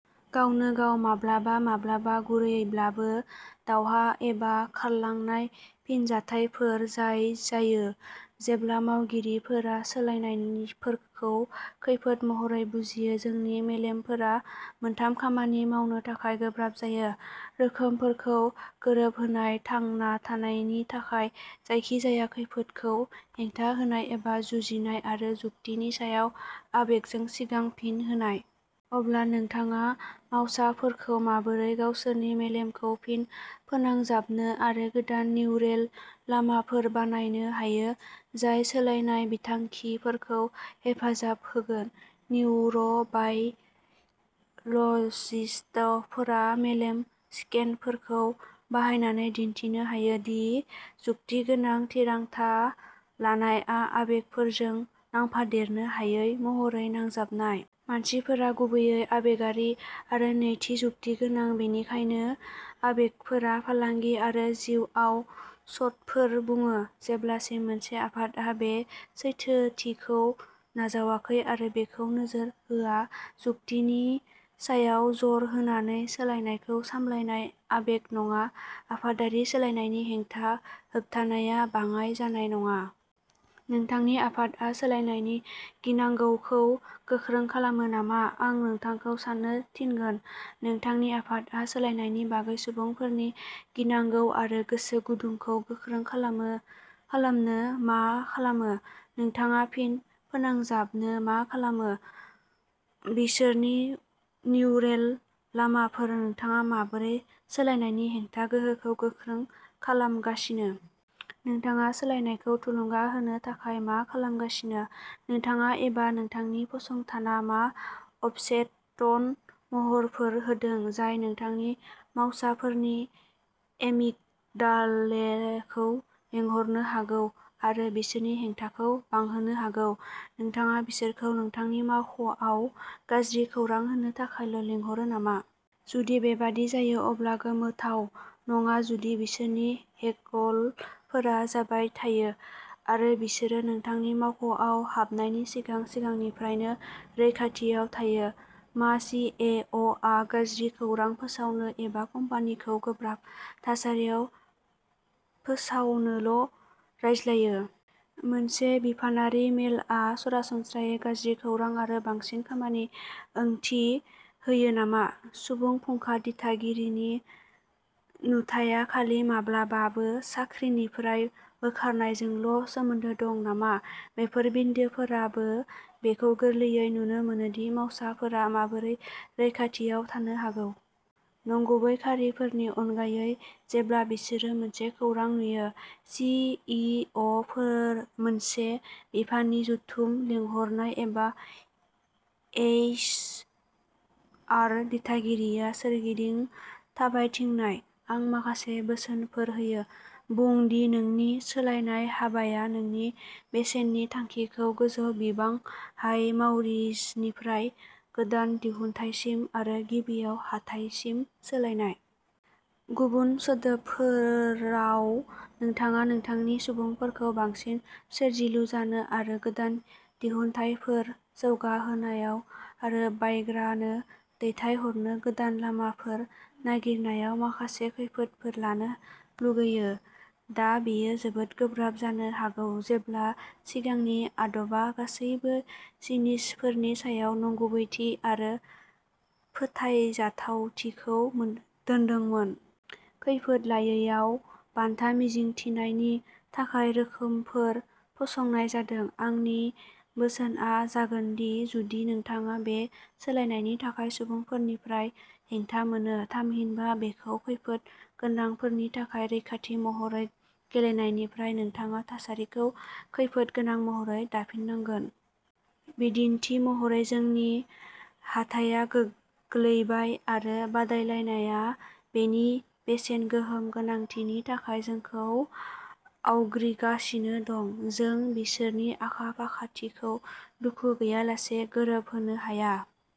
गावनो गाव माब्लाबा माब्लाबा गुरैब्लाबो दावहा एबा खारलांनाय फिनजाथायफोर जाय जायो जेब्ला मावगिरिफोरा सोलायनायफोरखौ खैफोद महरै बुजियो। जोंनि मेलेमफोरा मोनथाम खामानि मावनो थाखाय गोब्राब जायो। रोखोमफोरखौ गोरोबहोनाय थांना थानायनि थाखाय जायखिजाया खैफोदखौ हेंथा होनाय एबा जुजिनाय आरो जुक्तिनि सायाव आबेगजों सिगां फिन होनाय। अब्ला नोंथाङा मावसाफोरखौ माबोरै गावसोरनि मेलेमखौ फिन फोनांजाबनो आरो गोदान निउरेल लामाफोर बानायनो हायो। जाय सोलायनाय बिथांखिफोरखौ हेफाजाब होगोन, निउर' बाय' लजिस्टफोरा मेलेम स्केनफोरखौ बाहायनानै दिन्थिनो हायो। दि जुक्तिगोनां थिरांथा लानायआ आबेगफोरजों नांफादेरनो हायै महरै नांजाबनाय। मानसिफ्रा गुबैयै आबेगारि आरो नैथि जुक्ति गोनां बेनिखायनो आबेगफोरा फालांगि आरो जिउआव शटफोर बुङो। जेब्लासिम मोनसे आफादआ बे सैथोथिखौ नाजावाखै आरो बेखौ नोजोर होआ जुक्तिनि सायाव जर होनानै सोलायनायखौ सामलायनाय आबेग नङा। आफादारि सोलायनायनि हेंथा होबथानाया बाङाइ जानाय नङा। नोंथांनि आफादआ सोलायनायनि गिनांगौखौ गोख्रों खालामो नामा? आं नोंथांखौ साननो थिनगोन। नोंथांनि आफादआ सोलायनायनि बागै सुबुंफोरनि गिनांगौ आरो गोसो गुदुंखौ गोख्रों खालामनो मा खालामो? नोंथाङा फिन फोनांजाबनो मा खालामो? बिसोरनि निउरेल लामाफोर नोंथाङा माबोरै सोलायनायनि हेंथा गोहोखौ गोख्रों खालामगासिनो? नोंथाङा सोलायनायखौ थुलुंगा होनो थाखाय मा खालामगासिनो? नोंथाङा एबा नोंथांनि फसंथाना मा अबचेतन महरफोर होदों जाय नोंथांनि मावसाफोरनि एमिगडालेखौ लिंहरनो हागौ आरो बिसोरनि हेंथाखौ बांहोनो हागौ? नोंथाङा बिसोरखौ नोंथांनि मावख'आव गाज्रि खौरां होनो थाखायल' लिंहरो नामा? जुदि बेबादि जायो अब्ला गोमोथाव नङा जुदि बिसोरनि हेकलफोरा जाबाय थायो आरो बिसोरो नोंथांनि मावख'आव हाबनायनि सिगां सिगांनिफ्रायनो रैखाथियाव थायो। मा सि इ अ आ गाज्रि खौरां फोसावनो एबा कम्पानिखौ गोब्राब थासारियाव फोसावनोल' रायज्लायो। मोनसे बिफानारि मेलआ सरासनस्रायै गाज्रि खौरां आरो बांसिन खामानि ओंथि होयो नामा? सुबुं फुंखा दिथागिरिनि नुथाया खालि माब्लाबाबो साख्रिनिफ्राय बोखारनायजोंल' सोमोन्दो दं नामा? बेफोर बिदिन्थिफोरावबो बेखौ गोरलैयै नुनो मोनो दि मावसाफोरा माबोरै रैखाथियाव थानो हागौ। नंगुबै खारिफोरनि अनगायै जेब्ला बिसोरो मोनसे खौरां नुयो। सि इ अ मोनसे बिफाननि जथुम लिंहरनाय एबा एइच आर दिथागिरिया सोरगिदिं थाबायथिंनाय। आं माखासे बोसोनफोर होयो। बुं दि नोंनि सोलायनाय हाबाया नोंनि बेसेननि थांखिखौ गोजौ बिबां हाय मावरिजनिफ्राय गोदान दिहुनथायसिम आरो गिबियाव हाथाइसिम सोलायनाय। गुबुन सोदोबफोराव नोंथाङा नोंथांनि सुबुंफोरखौ बांसिन सोरजिलु जानो आरो गोदान दिहुनथायफोर जौगाहोनायाव आरो बायग्रानो दैथायहरनो गोदान लामाफोर नागिरनायाव माखासे खैफोदफोर लानो लुगैयो। दा बेयो जोबोद गोब्राब जानो हागौ जेब्ला सिगांनि आदबा गासैबो जिनिसफोरनि सायाव नंगुबैथि आरो फोथायजाथावथिखौ दोन्दोंमोन। खैफोद लायैयाव बान्था मिजिंथिनायनि थाखाय रोखोमफोर फसंनाय जादों। आंनि बोसोनआ जागोनदि जुदि नोंथाङा बे सोलायनायनि थाखाय सुबुंफोरनिफ्राय हेंथा मोनो। थामहिनबा बेखौ खैफोद गोनांफोरनि थाखाय रैखाथि महरै गेलेनायनिफ्राय नोंथाङा थासारिखौ खैफोद गोनां महरै दाफिननांगोन। बिदिन्थि महरै जोंनि हाथाया गोग्लैबाय आरो बादायलायनाया बेनि बेसेन गोहोम गोनांथिनि थाखाय जोंखौ आवग्रिगासिनो दं। जों बिसोरनि आखा-फाखाथिखौ दुखु गैयालासे गोरोबहोनो हाया।